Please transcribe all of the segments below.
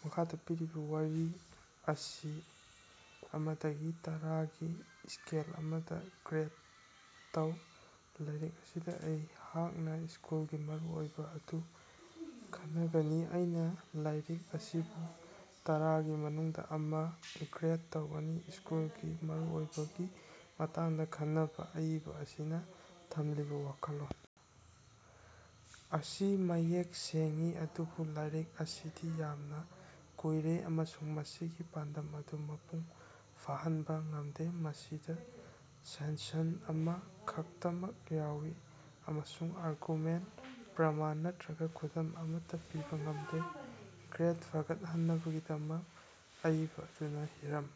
ꯃꯈꯥꯗ ꯄꯤꯔꯤꯕ ꯋꯥꯔꯤ ꯑꯁꯤꯑꯃꯗꯒꯤ ꯇꯔꯥ ꯒꯤ ꯁ꯭ꯀꯦꯜ ꯑꯃꯗ ꯒ꯭ꯔꯦꯗ ꯇꯧ꯫ ꯂꯥꯏꯔꯤꯛ ꯑꯁꯤꯗ ꯑꯩꯍꯥꯛꯅ ꯁ꯭ꯀꯨꯜꯒꯤ ꯃꯔꯨꯑꯣꯏꯕ ꯑꯗꯨ ꯈꯟꯅꯒꯅꯤ꯫ ꯑꯩꯅ ꯂꯥꯏꯔꯤꯛ ꯑꯁꯤꯕꯨ ꯇꯔꯥꯒꯤ ꯃꯅꯨꯡꯗ ꯑꯃ ꯒ꯭ꯔꯦꯗ ꯇꯧꯒꯅꯤ, ꯁ꯭ꯀꯨꯜꯒꯤ ꯃꯔꯨꯑꯣꯏꯕꯒꯤ ꯃꯇꯥꯡꯗ ꯈꯟꯅꯅꯕ ꯑꯏꯕ ꯑꯁꯤꯅ ꯊꯝꯂꯤꯕ ꯋꯥꯈꯜꯂꯣꯟ ꯑꯁꯤ ꯃꯌꯦꯛ ꯁꯦꯡꯏ ꯑꯗꯨꯕꯨ ꯂꯥꯏꯔꯤꯛ ꯑꯁꯤꯗꯤ ꯌꯥꯝꯅ ꯀꯨꯏꯔꯦ ꯑꯃꯁꯨꯡ ꯃꯁꯤꯒꯤ ꯄꯥꯟꯗꯝ ꯑꯗꯨ ꯃꯄꯨꯡ ꯐꯥꯍꯟꯕ ꯉꯝꯗꯦ꯫ ꯃꯁꯤꯗ ꯁꯦꯟꯁꯟ ꯑꯃ ꯈꯛꯇꯃꯛ ꯌꯥꯎꯏ ꯑꯃꯁꯨꯡ ꯑꯥꯔꯒꯨꯃꯦꯟꯠ, ꯄ꯭ꯔꯃꯥꯟ ꯅꯠꯇꯔꯒ ꯈꯨꯗꯝ ꯑꯃꯠꯇ ꯄꯤꯕ ꯉꯝꯗꯦ꯫ ꯒ꯭ꯔꯦꯗ ꯐꯒꯠꯍꯟꯅꯕꯒꯤꯗꯃꯛ, ꯑꯏꯕ ꯑꯗꯨꯅ ꯍꯤꯔꯝ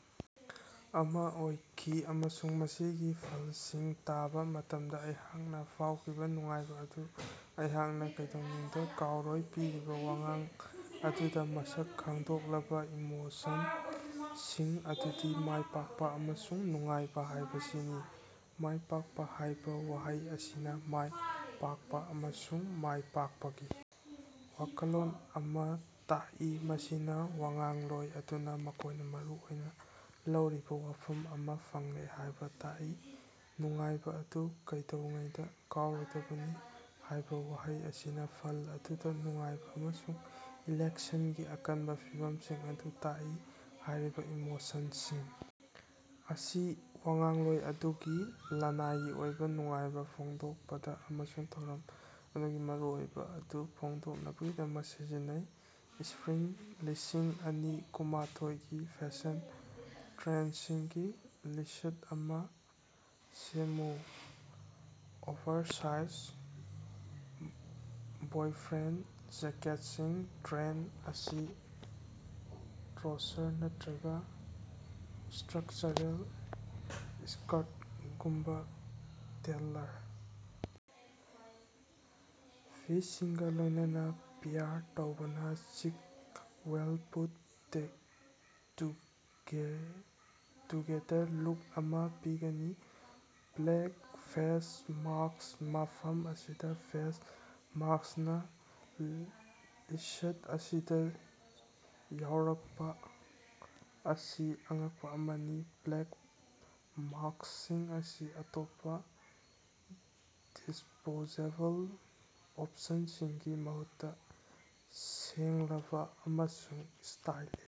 ꯑꯃ ꯑꯣꯏꯈꯤ, ꯑꯃꯁꯨꯡ ꯃꯁꯤꯒꯤ ꯐꯜꯁꯤꯡ ꯇꯥꯕ ꯃꯇꯝꯗ ꯑꯩꯍꯥꯛꯅ ꯐꯥꯎꯈꯤꯕ ꯅꯨꯡꯉꯥꯏꯕ ꯑꯗꯨ ꯑꯩꯍꯥꯛꯅ ꯀꯩꯗꯧꯅꯨꯡꯗ ꯀꯥꯎꯔꯣꯏ꯫ ꯄꯤꯔꯤꯕ ꯋꯥꯉꯥꯡ ꯑꯗꯨꯗ ꯃꯁꯛ ꯈꯪꯗꯣꯛꯂꯕ ꯏꯃꯣꯁꯟꯁꯤꯡ ꯑꯗꯨꯗꯤ ꯃꯥꯏꯄꯥꯛꯄ ꯑꯃꯁꯨꯡ ꯅꯨꯡꯉꯥꯏꯕ ꯍꯥꯏꯕꯁꯤꯅꯤ꯫ ꯃꯥꯏꯄꯥꯛꯄ ꯍꯥꯏꯕ ꯋꯥꯍꯩ ꯑꯁꯤꯅ ꯃꯥꯏ ꯄꯥꯛꯄ ꯑꯃꯁꯨꯡ ꯃꯥꯏꯄꯥꯛꯄꯒꯤ ꯋꯥꯈꯜꯂꯣꯟ ꯑꯃꯥ ꯇꯥꯛꯏ, ꯃꯁꯤꯅ ꯋꯥꯉꯥꯡꯂꯣꯏ ꯑꯗꯨꯅ ꯃꯈꯣꯏꯅ ꯃꯔꯨ ꯑꯣꯏꯅ ꯂꯧꯔꯤꯕ ꯋꯥꯐꯝ ꯑꯃꯥ ꯐꯪꯂꯦ ꯍꯥꯏꯕ ꯇꯥꯛꯏ꯫ ꯅꯨꯡꯉꯥꯏꯕ ꯑꯗꯨ ꯀꯩꯗꯧꯉꯩꯗ ꯀꯥꯎꯔꯣꯏꯗꯕꯅꯤ ꯍꯥꯏꯕ ꯋꯥꯍꯩ ꯑꯁꯤꯅ ꯐꯜ ꯑꯗꯨꯗ ꯅꯨꯡꯉꯥꯏꯕ ꯑꯃꯁꯨꯡ ꯏꯂꯦꯛꯁꯟꯒꯤ ꯑꯀꯟꯕ ꯐꯤꯚꯝꯁꯤꯡ ꯑꯗꯨ ꯇꯥꯛꯏ꯫ ꯍꯥꯏꯔꯤꯕ ꯏꯃꯣꯁꯟꯁꯤꯡ ꯑꯁꯤ ꯋꯥꯉꯥꯡꯂꯣꯏ ꯑꯗꯨꯒꯤ ꯂꯅꯥꯏꯒꯤ ꯑꯣꯏꯕ ꯅꯨꯡꯉꯥꯏꯕ ꯐꯣꯡꯗꯣꯛꯄꯗ ꯑꯃꯁꯨꯡ ꯊꯧꯔꯝ ꯑꯗꯨꯒꯤ ꯃꯔꯨꯑꯣꯏꯕ ꯑꯗꯨ ꯐꯣꯡꯗꯣꯛꯅꯕꯒꯤꯗꯃꯛ ꯁꯤꯖꯤꯟꯅꯩ꯫ ꯁ꯭ꯄꯔꯤꯡ ꯂꯤꯁꯤꯡ ꯑꯅꯤ ꯀꯨꯃꯥꯊ‌ꯣꯏꯒꯤ ꯐꯦꯁꯟ ꯇ꯭ꯔꯦꯟꯗꯁꯤꯡꯒꯤ ꯂꯤꯁ꯭ꯠ ꯑꯃꯥ ꯁꯦꯝꯃꯨ꯫ ꯑꯣꯚꯔꯁꯥꯏꯖ ꯕꯣꯏꯐ꯭ꯔꯦꯟꯗ ꯖꯦꯀꯦꯠꯁꯤꯡ: ꯇ꯭ꯔꯦꯟꯗ ꯑꯁꯤ ꯇ꯭ꯔꯣꯁꯔ ꯅꯠꯇꯔꯒ ꯁ꯭ꯇꯔꯛꯆꯔꯦꯜ ꯁ꯭ꯀꯥꯔꯠꯒꯨꯝꯕ ꯇꯦꯜꯂꯔ ꯄꯤꯁꯁꯤꯡꯒ ꯂꯣꯏꯅꯅ ꯄꯦꯌꯥꯔ ꯇꯧꯕꯅ ꯆꯤꯛ ꯋꯦꯜ ꯄꯨꯠ-ꯇꯨꯒꯦꯗꯔ ꯂꯨꯛ ꯑꯃꯥ ꯄꯤꯒꯅꯤ꯫ ꯕ꯭ꯂꯦꯛ ꯐꯦꯁ ꯃꯥꯁ꯭ꯛ: ꯃꯐꯝ ꯑꯁꯤꯗ ꯐꯦꯁ ꯃꯥꯁ꯭ꯛꯅ ꯂꯤꯁ꯭ꯠ ꯑꯁꯤꯗ ꯌꯥꯎꯔꯛꯄ ꯑꯁꯤ ꯑꯉꯛꯄ ꯑꯃꯅꯤ꯫ ꯕ꯭ꯂꯦꯛ ꯃꯥꯁ꯭ꯛꯁꯤꯡ ꯑꯁꯤ ꯑꯇꯣꯞꯄ ꯗꯤꯁꯄꯣꯖꯦꯕꯜ ꯑꯣꯞꯁꯟꯁꯤꯡꯒꯤ ꯃꯍꯨꯠꯇ ꯁꯦꯡꯂꯕ ꯑꯃꯁꯨꯡ ꯁ꯭ꯇꯥꯏꯂꯤꯁ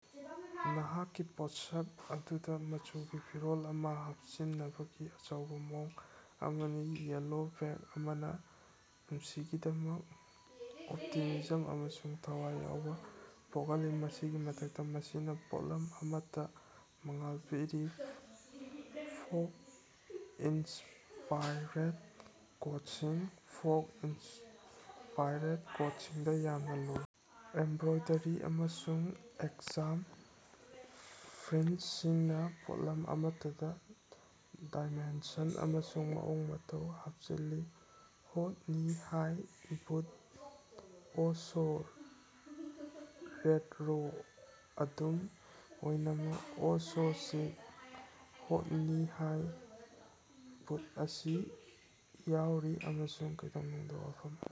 ꯅꯍꯥꯛꯀꯤ ꯄꯣꯠꯁꯛ ꯑꯗꯨꯗ ꯃꯆꯨꯒꯤ ꯐꯤꯔꯥꯜ ꯑꯃꯥ ꯍꯥꯞꯆꯤꯟꯅꯕꯒꯤ ꯑꯆꯧꯕ ꯃꯑꯣꯡ ꯑꯃꯅꯤ꯫ ꯌꯦꯜꯂꯣ ꯕꯦꯒ ꯑꯃꯅ ꯄꯨꯟꯁꯤꯒꯤꯗꯃꯛ ꯑꯣꯞꯇꯤꯃꯤꯖꯝ ꯑꯃꯁꯨꯡ ꯊꯋꯥꯏ ꯌꯥꯎꯕ ꯄꯣꯛꯍꯜꯂꯤ, ꯃꯁꯤꯒꯤ ꯃꯊꯛꯇ, ꯃꯁꯤꯅ ꯄꯣꯠꯂꯝ ꯑꯃꯠꯇ ꯃꯉꯥꯜ ꯄꯤꯔꯤ꯫ ꯐꯣꯛ ꯏꯟꯁꯄꯥꯏꯔꯦꯠ ꯀꯣꯠꯁꯤꯡ: ꯐꯣꯛ-ꯏꯟꯁꯄꯥꯏꯔꯦꯠ ꯀꯣꯠꯁꯤꯡꯗ ꯌꯥꯝꯅ ꯂꯨꯕ ꯑꯦꯝꯕ꯭ꯔꯣꯏꯗ꯭ꯔꯤ ꯑꯃꯁꯨꯡ ꯑꯦꯒꯖꯥꯝ ꯐ꯭ꯔꯤꯟꯖꯁꯤꯡꯅ ꯄꯣꯠꯂꯝ ꯑꯃꯠꯇꯗ ꯗꯥꯏꯃꯦꯟꯁꯟ ꯑꯃꯁꯨꯡ ꯃꯑꯣꯡ ꯃꯇꯧ ꯍꯥꯞꯆꯤꯜꯂꯤ꯫ ꯍꯣꯠ ꯅꯤ ꯍꯥꯏ ꯕꯨꯠ: ꯑꯣꯍ ꯁꯣ ꯔꯦꯠꯔꯣ, ꯑꯗꯨꯝ ꯑꯣꯏꯅꯃꯛ ꯑꯣꯍ ꯁꯣ ꯆꯤꯛ, ꯍꯣꯠ ꯅꯤ ꯍꯥꯏ ꯕꯨꯠ ꯑꯁꯤ ꯌꯥꯎꯔꯤ ꯑꯃꯁꯨꯡ ꯀꯩꯗꯧꯅꯨꯡꯗ ꯋꯥꯐꯝ ꯑꯃ